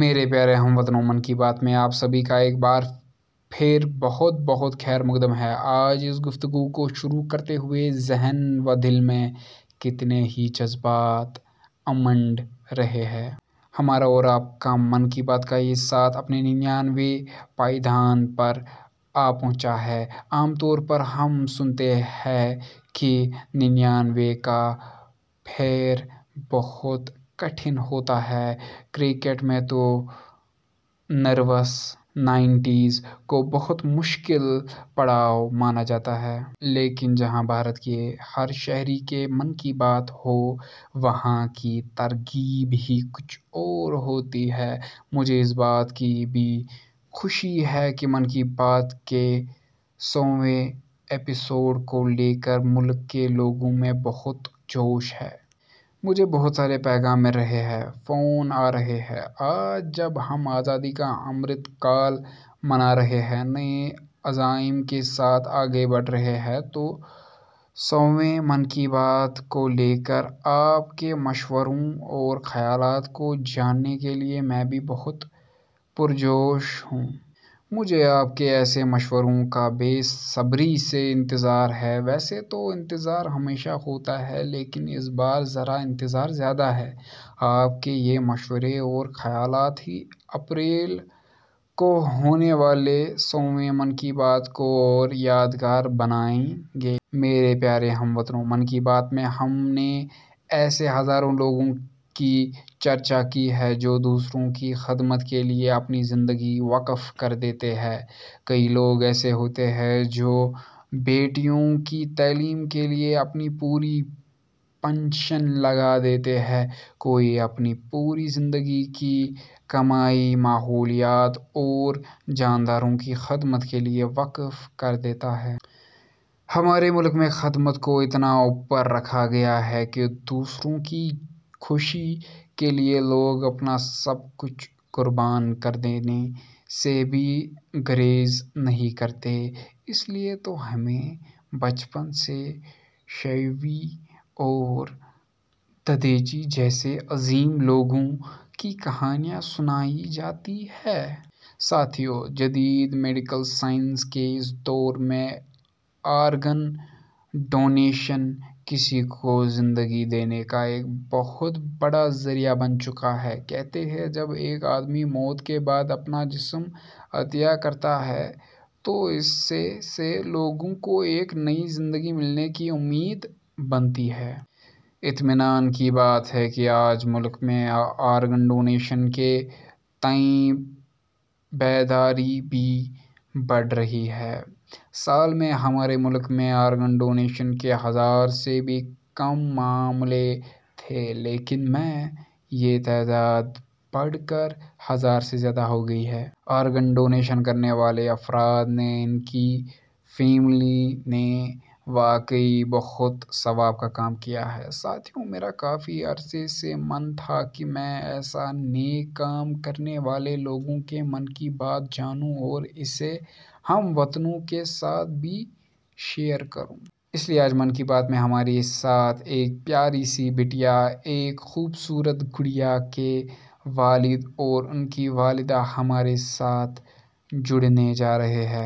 میرے پیارے ہم وطنو، 'من کی بات' میں آپ سبھی کا ایک بار پھر بہت بہت خیر مقدم ہے۔ آج اس گفتگو کو شروع کرتے ہوئے ذہن و دل میں کتنے ہی جذبات امنڈ رہے ہیں۔ ہمارا اور آپ کا 'من کی بات' کا یہ ساتھ، اپنے ننیانوے پائیدان پر آ پہنچا ہے۔ عام طور پر ہم سنتے ہیں کہ ننیانوے کا پھیر بہت کٹھن ہوتا ہے۔ کرکٹ میں تو 'نروَس نائنٹیز' کو بہت مشکل پڑاؤ مانا جاتا ہے۔ لیکن، جہاں بھارت کے ہر شہری کے 'من کی بات' ہو، وہاں کی ترغیب ہی کچھ اور ہوتی ہے۔ مجھے اس بات کی بھی خوشی ہے کہ 'من کی بات' کے سوویں ایپی سوڈ کو لے کر ملک کے لوگوں میں بہت جوش ہے۔ مجھے بہت سارے پیغام مل رہے ہیں، فون آ رہے ہیں۔ آج جب ہم آزادی کا امرت کال منا رہے ہیں، نئے عزائم کے ساتھ آگے بڑھ رہے ہیں، تو سوویں 'من کی بات' کو لے کر، آپ کے مشوروں، اور خیالات کو جاننے کے لیے میں بھی بہت پرجوش ہوں۔ مجھے، آپ کے ایسے مشوروں کا بے صبری سے انتظار ہے۔ ویسے تو انتظار ہمیشہ ہوتا ہے لیکن اس بار ذرا انتظار زیادہ ہے۔ آپ کے یہ مشورے اور خیالات ہی اپریل کو ہونے والے سوویں 'من کی بات' کو اور یادگار بنائیں گے۔ میرے پیارے ہم وطنو، 'من کی بات' میں ہم نے ایسے ہزاروں لوگوں کی چرچہ کی ہے، جو دوسروں کی خدمت کے لیے اپنی زندگی وقف کر دیتے ہیں۔ کئی لوگ ایسے ہوتے ہیں جو بیٹیوں کی تعلیم کے لیے اپنی پوری پنشن لگا دیتے ہیں، کوئی اپنی پوری زندگی کی کمائی ماحولیات اور جانداروں کی خدمت کے لیے وقف کر دیتا ہے۔ ہمارے ملک میں خدمت کو اتنا اوپر رکھا گیا ہے کہ دوسروں کی خوشی کے لیے، لوگ اپنا سب کچھ قربان کر دینے سے بھی گریز نہیں کرتے۔ اس لیے تو ہمیں بچپن سے شیوی اور ددھیچی جیسے عظیم لوگوں کی کہانیاں سنائی جاتی ہیں۔ ساتھیو، جدید میڈیکل سائنس کے اس دور میں آرگن ڈونیشن، کسی کو زندگی دینے کا ایک بہت بڑا ذریعہ بن چکا ہے۔ کہتے ہیں، جب ایک آدمی موت کے بعد اپنا جسم عطیہ کرتا ہے، تو اس سے سے لوگوں کو ایک نئی زندگی ملنے کی امید بنتی ہے۔ اطمینان کی بات ہے کہ آج ملک میں آرگن ڈونیشن کے تئیں بیداری بھی بڑھ رہی ہے۔ سال میں، ہمارے ملک میں، آرگن ڈونیشن کے ہزار سے بھی کم معاملے تھے، لیکن میں، یہ تعداد بڑھ کر، ہزار سے زیادہ ہو گئی ہے۔ آرگن ڈونیشن کرنے والے افراد نے، ان کی فیملی نے، واقعی بہت ثواب کا کام کیا ہے۔ ساتھیو، میرا کافی عرصے سے من تھا کہ میں ایسا نیک کام کرنے والے لوگوں کے 'من کی بات' جانوں اور اسےہم وطنوں کے ساتھ بھی شیئر کروں۔ اس لیے آج 'من کی بات' میں ہمارے ساتھ ایک پیاری سی بٹیا، ایک خوبصورت گڑیا کے والد اور ان کی والدہ ہمارے ساتھ جڑنے جا رہے ہیں۔